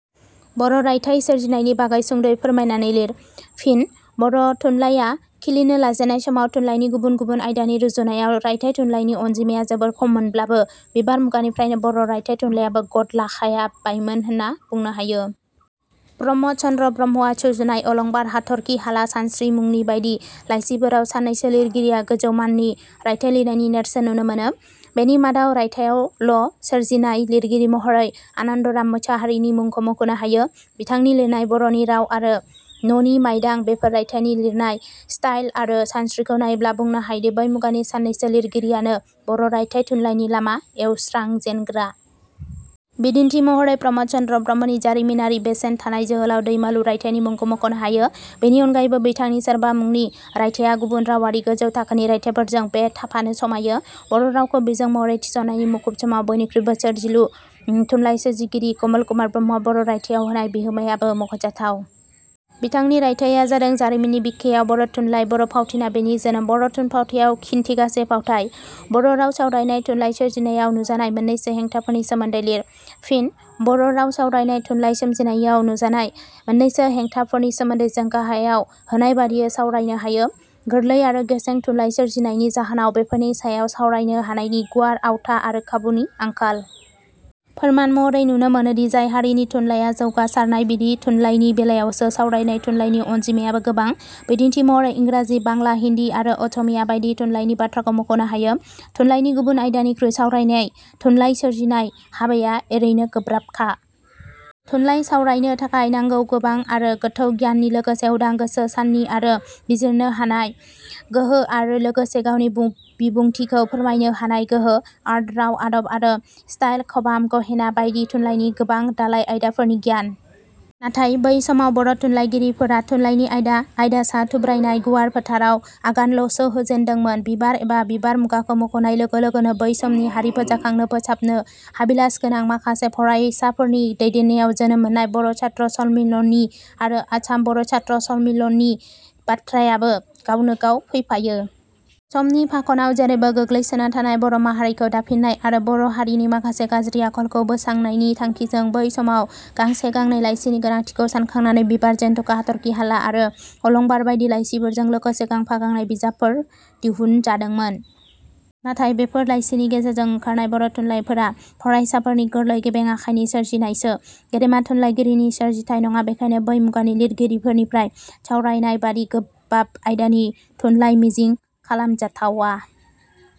बर' रायथाइ सोरजिनायनि बागै सुंद 'यै फोरमायनानै लिर। फिनः बर' थुनलाइया खिलिनो लाजेननाय समाव थुनलाइनि गुबुन गुबुन आयदानि रुजुनायाव रायथाइ थुनलाइनि अनजिमाया जोबोर खममोनब्लाबो बिबार मुगानिफ्रायनो बर' रायथाइ थुनलाइयाबो गद लाखाबायमोन होनना बुंनो हायो। प्रम 'द चन्द्र ब्रह्मआ सुजुनाय अलंबार, हाथर्खिहाला, सानस्रि मुनि बायदि लाइसिफोराव सानैसो लिरगिरिया गोजौ माननि रायथाइ लिरनायनि नेरसोन नुनो मोनो। बेनि मादाव रायथाइयाल' सोरजिनाय लिरगिरि महरै आनन्द राम मसाहारिनि मुंखौ मख'नो हायो। बिथांनि लिरनाय 'बर'नि राव' आरो 'ननि माइदां'- बेफोर रायथाइनि लिरनाय ष्टाइल आरो सानस्रिखौ नायोब्ला बुंनो हायोदि बै मुगानि सानैसो लिरगिरियानो बर' रायथाइ थुनलाइनि लामा एवस्रांजेनग्रा। बिदिन्थि महरै प्रम'द चन्द्र ब्रह्मनि जारिमिनारि बेसेन थानाय 'जोहोलाव दैमालु' रायथाइनि मुंखौ मख'नो हायो। बेनि अनगायैबो बिथांनि 'सोरबा' मुंनि रायथाइया गुबुन रावारि गोजौ थाखोनि रायथाइफोरजों में थाफानो समायो। बर' रावखौ बिजों महरै थिसननायनि मुखुब समाव बइनिखुइबो सोरजिल थुनलाइ सोरजिगिरि कमल कुमार ब्रह्मआ बर' रायथाइयाव होनाय बिहोमायाबो मख 'जाथाव। बिथांनि रायथाइ जादों- 'जारिमिननि बिखायव बर' थुनलाइ', 'बर' फावथिना: बेनि जोनोम', 'बर' थुनफावथाइयाव खिनथिगासे फावथाइ'। बर'वाव सावरायनाय थुनलाइ सोरजिनायाव नुजानाय मोननैसो हेंथाफोरनि सोमोन्दै लिर। फिनः बर'वाव सावरायनाय थुनलाइ सोरजिनायाव नुजानाय मोननैसो हें थाफोरनि सोमोन्दै जों गाहायाव होनाय बादियै सावरायनो हायो- गोरलै आरो गेसें थुनलाइ सोरजिनायनि जाहोनाव बेफोरनि सायाव सावरायनो हानायनि गुवार आवथा आरो खाबुनि आंखाल। फोरमान महरै नुनो मोनोदि जाय हारिनि थुनलाइया जौगासारनाय बिदि थुनलाइनि बेलायावसो सावरायनाय थुनलाइनि अनजिमायाबो गोबां। बिदिन्थि महरै इंराजि, बांला, हिन्दी आरो असमिया बायदि थुनलाइनि बाथ्राखौ मख 'नो हायो। थुनलाइनि गुबुन आयदानिखुइ सावरायनाय थुनलाइ सोरजिनाय हाबाया एरैनो गोब्राबखा। थुनलाइ सावरायनो थाखाय नांगौ गोबां आरो गोथौ गियाननि लोगोसे उदां गोसो, साननि आरो बिजिरनो हानाय गोहो आरो लोगोसे गावनि बिबुंथिखौ फोरमायनो हानाय गोहो, आर्ट, राव- आदब आरो ष्टाइल, खबाम, गहेना बायदि थुनलाइनि गोबां दालाइ आयदाफोरनि गियान। नाथाय बै समाव बर' थुनलाइगिरिफोरा थुनलाइनि आयदा आयदासा थुब्रायनाय गुवार फोथाराव आगानल 'सो होजेनदोंमोन। 'बिबार' एबा 'बिबार' मुगाखौ मख'नाय लोगो लोगोनो बै समनि हारि फोजाखांनो, फोसाबनो हाबिलास गोनां माखासे, फरायसाफोरनि दैदेननायाव जोनोम मोननाय 'बर' सात्र सन्मीलनी' आरो 'आसाम बर' सात्र सन्मीलनी'नि बाथ्रायाबो गावनो गाव फैफायो। समनि फाखनाव जेरैबो गोग्लैसोना थानाय बर' माहारिखौ दाफिननाय आरो बर' हारिनि माखासे गाज्रि आखखौ बोसांनायनि थांखिजों बै समाव गांसे गांनै लाइसिनि गोनांथिखौ सानखांनानै 'बिबार', 'जेनथखा', 'हाथखिहाला' आरो 'अलंबार' बायदि लाइसिफोरजों लोगोसे गांफा गांनै बिजाबफोर दिहुनजादोंमोन। नाथाय बेफोर लाइसिनि गेजेरजों ओंखारनाय बर' थुनलाइफोरा फरायसाफोरनि गोरलै गेबें आखाइनि सोरजिनायसो, गेदेमा थुनलाइगिरिनि सोरजिथाइ नङा। बेखायनो बै मुगानि लिरगिरिफोरनिफ्राय सावरायनाय: बादि गोबाब आयदानि थुनलाइ मिजिं खालामजाथावा।